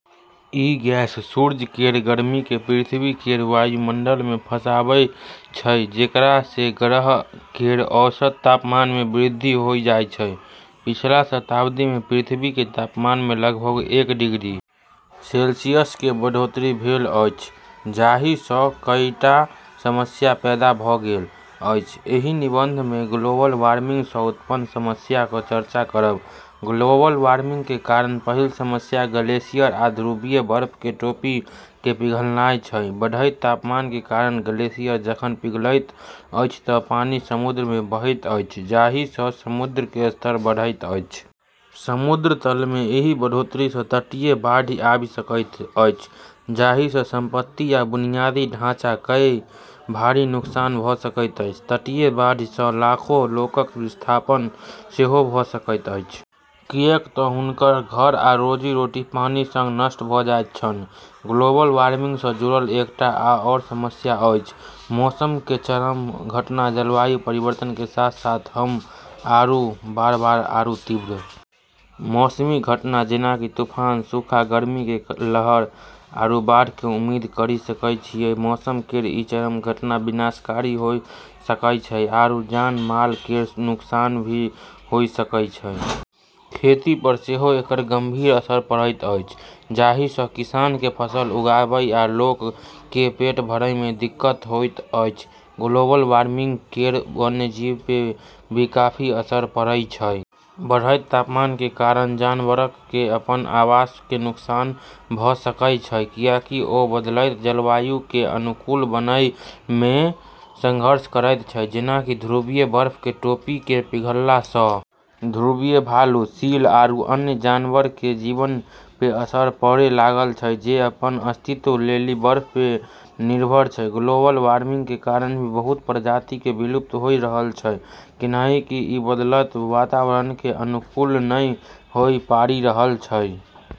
ई gas सूर्य केरऽ गर्मी के पृथ्वी केरऽ वायुमंडल मे फँसाबै छै जेकरा से ग्रह केरऽ औसत तापमान मे वृद्धि होय जाय छै, पिछला शताब्दी में पृथ्वी के तापमान में लगभग एक डिग्री सेल्सियस के बढ़ोतरी भेल अछि जाहि सं कईटा समस्या पैदा भ गेल अछि, एहि निबंध मे ग्लोबल वार्मिंग सँ उत्पन्न समस्याक चर्चा करब, ग्लोबल वार्मिंग के कारण पहिल समस्या ग्लेशियर आ ध्रुवीय बर्फ के टोपी के पिघलनाय छै, बढ़ैत तापमान के कारण ग्लेशियर जखन पिघलैत अछि त पानि समुद्र में बहैत अछि जाहि सं समुद्र के स्तर बढ़ैत अछि. समुद्र तल मे एहि बढ़ोतरी स तटीय बाढ़ि आबि सकैत अछि जाहि स संपत्ति आ बुनियादी ढांचा कए भारी नुकसान भ सकैत अछि, तटीय बाढ़ि सं लाखों लोकक विस्थापन सेहो भ सकैत अछि किएक त हुनकर घर आ रोजी-रोटी पानि सं नष्ट भ जाइत छनि, ग्लोबल वार्मिंग सं जुड़ल एकटा आओर समस्या अछि मौसम के चरम घटना जलवायु परिवर्तन के साथ-साथ हम्म आरू बार-बार आरू तीव्र मौसमी घटना जेना कि तूफान, सूखा, गर्मी के लहर आरू बाढ़ के उम्मीद करी सकै छियै, मौसम केरऽ ई चरम घटना विनाशकारी होय सकै छै आरू जान-माल केरऽ नुकसान भी होय सकै छै, खेती पर सेहो एकर गंभीर असर पड़ैत अछि जाहि सं किसान के फसल उगाबय आ लोक के पेट भरय मे दिक्कत होएत अछि, ग्लोबल वार्मिंग केरऽ वन्यजीवऽ पे भी काफी असर पड़ै छै, बढ़ैत तापमान कें कारण जानवरक कें अपन आवास कें नुकसान भ सकएय छै, कियाकि ओ बदलैत जलवायु कें अनुकूल बनएय मे संघर्ष करएयत छै जेना कि ध्रुवीय बर्फ के टोपी के पिघलला स॑ ध्रुवीय भालू, सील आरू अन्य जानवरऽ के जीवन पे असर पड़े लगलऽ छै जे अपनऽ अस्तित्व लेली बर्फ पे निर्भर छै, ग्लोबल वार्मिंग के कारण भी बहुत प्रजाति के विलुप्त होय रहलऽ छै कैन्हेंकि ई बदलतऽ वातावरण के अनुकूल नै होय पारी रहलऽ छै।